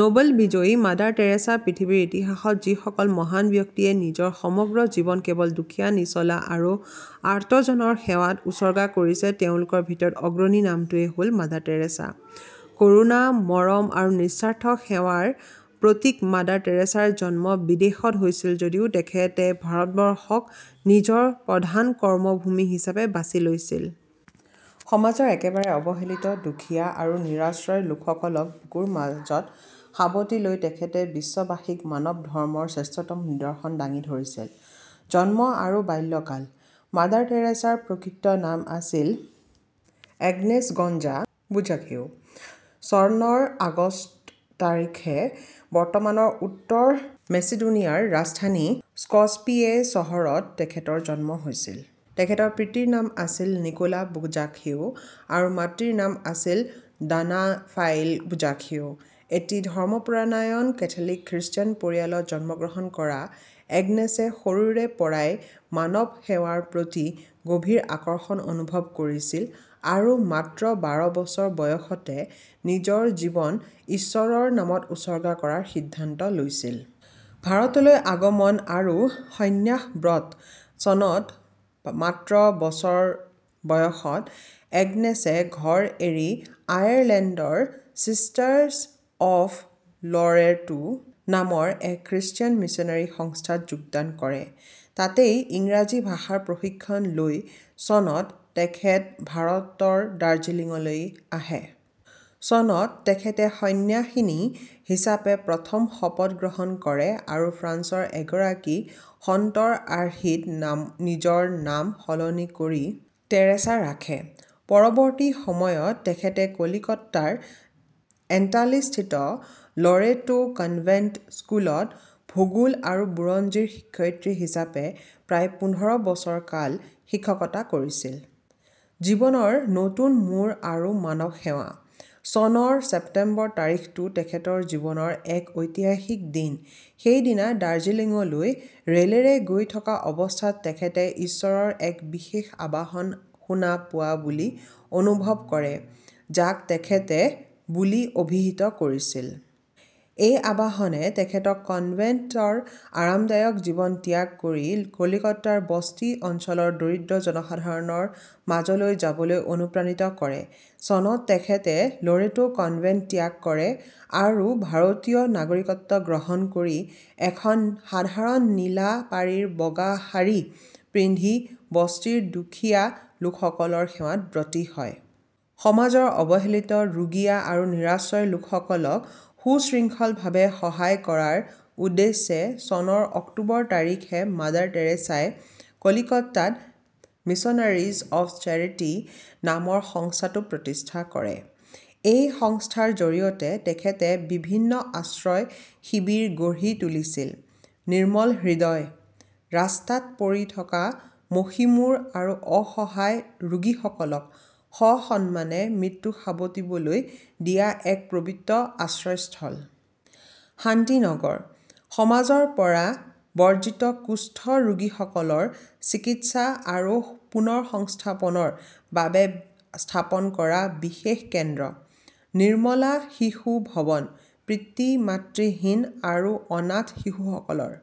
Nobel বিজয়ী Mother Teresa পৃথিৱীৰ ইতিহাসত যিসকল মহান ব্যক্তিয়ে নিজৰ সমগ্ৰ জীৱন কেৱল দুখীয়া, নিছলা আৰু আৰ্তজনৰ সেৱাত উচৰ্গা কৰিছে, তেওঁলোকৰ ভিতৰত অগ্ৰণী নামটোৱেই হ'ল মাদাৰ টেৰেছা। কৰুণা, মৰম আৰু নিস্বাৰ্থ সেৱাৰ প্ৰতীক মাদাৰ টেৰেছাৰ জন্ম বিদেশত হৈছিল যদিও, তেখেতে ভাৰতবৰ্ষক নিজৰ প্ৰধান কৰ্মভূমি হিচাপে বাচি লৈছিল। সমাজৰ একেবাৰে অৱহেলিত, ৰোগীয়া আৰু নিৰাশ্ৰয় লোকসকলক বুকুৰ মাজত সাৱটি লৈ তেখেতে বিশ্ববাসীক মানৱ ধৰ্মৰ শ্ৰেষ্ঠতম নিদৰ্শন দাঙি ধৰিছিল। জন্ম আৰু বাল্যকাল: মাদাৰ টেৰেছাৰ প্ৰকৃত নাম আছিল এগনেছ গঞ্জা বোজাখিউ। চনৰ আগষ্ট তাৰিখে বৰ্তমানৰ উত্তৰ মেচিডোনিয়াৰ ৰাজধানী স্কপিয়ে চহৰত তেখেতৰ জন্ম হৈছিল। তেখেতৰ পিতৃৰ নাম আছিল নিক'লা বোজাখিউ আৰু মাতৃৰ নাম আছিল ড্ৰানাফাইল বোজাখিউ। এটি ধৰ্মপৰায়ণ কেথলিক খ্ৰীষ্টান পৰিয়ালত জন্মগ্ৰহণ কৰা এগনেছে সৰুৰে পৰাই মানৱ সেৱাৰ প্ৰতি গভীৰ আকৰ্ষণ অনুভৱ কৰিছিল আৰু মাত্ৰ বাৰ বছৰ বয়সতে নিজৰ জীৱন ঈশ্বৰৰ নামত উচৰ্গা কৰাৰ সিদ্ধান্ত লৈছিল। ভাৰতলৈ আগমন আৰু সন্ন্যাস ব্ৰত: চনত, মাত্ৰ বছৰ বয়সত এগনেছে ঘৰ এৰি আয়াৰলেণ্ডৰ 'চিষ্টাৰ্ছ অৱ লৰেটো' নামৰ এক খ্ৰীষ্টান মিছনেৰী সংস্থাত যোগদান কৰে। তাতেই ইংৰাজী ভাষাৰ প্ৰশিক্ষণ লৈ চনত তেখেত ভাৰতৰ দাৰ্জিলিঙলৈ আহে। চনত তেখেতে সন্ন্যাসিনী হিচাপে প্ৰথম শপত গ্ৰহণ কৰে আৰু ফ্ৰান্সৰ এগৰাকী সন্তৰ আৰ্হিত নিজৰ নাম সলনি কৰি 'টেৰেছা' ৰাখে। পৰৱৰ্তী সময়ত তেখেতে কলিকতাৰ এণ্টালীস্থিত লৰেটো কনভেণ্ট স্কুলত ভূগোল আৰু বুৰঞ্জীৰ শিক্ষয়িত্ৰী হিচাপে প্ৰায় পোন্ধৰ বছৰ কাল শিক্ষকতা কৰিছিল। জীৱনৰ নতুন মোৰ আৰু মানৱ সেৱা: চনৰ ছেপ্টেম্বৰ তাৰিখটো তেখেতৰ জীৱনৰ এক ঐতিহাসিক দিন। সেইদিনা দাৰ্জিলিঙলৈ ৰে'লেৰে গৈ থকা অৱস্থাত তেখেতে ঈশ্বৰৰ এক বিশেষ আহ্বান শুনা পোৱা বুলি অনুভৱ কৰে, যাক তেখেতে "" বুলি অভিহিত কৰিছিল। এই আহ্বানে তেখেতক কনভেণ্টৰ আৰামদায়ক জীৱন ত্যাগ কৰি কলিকতাৰ বস্তি অঞ্চলৰ দৰিদ্ৰ জনসাধাৰণৰ মাজলৈ যাবলৈ অনুপ্ৰাণিত কৰে। চনত তেখেতে লৰেটো কনভেণ্ট ত্যাগ কৰে আৰু ভাৰতীয় নাগৰিকত্ব গ্ৰহণ কৰি এখন সাধাৰণ নীলা পাৰিৰ বগা শাৰী পিন্ধি বস্তিৰ দুখীয়া লোকসকলৰ সেৱাত ব্ৰতী হয়। সমাজৰ অৱহেলিত, ৰোগীয়া আৰু নিৰাশ্ৰয় লোকসকলক সুশৃংখলভাৱে সহায় কৰাৰ উদ্দেশ্যে চনৰ অক্টোবৰ তাৰিখে মাদাৰ টেৰেছাই কলিকতাত 'মিছনেৰীজ অৱ চেৰিটি' নামৰ সংস্থাটো প্ৰতিষ্ঠা কৰে। এই সংস্থাৰ জৰিয়তে তেখেতে বিভিন্ন আশ্ৰয় শিবিৰ গঢ়ি তুলিছিল: নিৰ্মল হৃদয়: ৰাস্তাত পৰি থকা মুমূৰ্ষু আৰু অসহায় ৰোগীসকলক সসন্মানে মৃত্যু সাৱটিবলৈ দিয়া এক পবিত্ৰ আশ্ৰয়স্থল। শান্তি নগৰ: সমাজৰ পৰা বৰ্জিত কুষ্ঠ ৰোগীসকলৰ চিকিৎসা আৰু পুনৰ্সংস্থাপনৰ বাবে স্থাপন কৰা বিশেষ কেন্দ্ৰ। নিৰ্মলা শিশু ভৱন: পিতৃ-মাতৃহীন আৰু অনাথ শিশুসকলৰ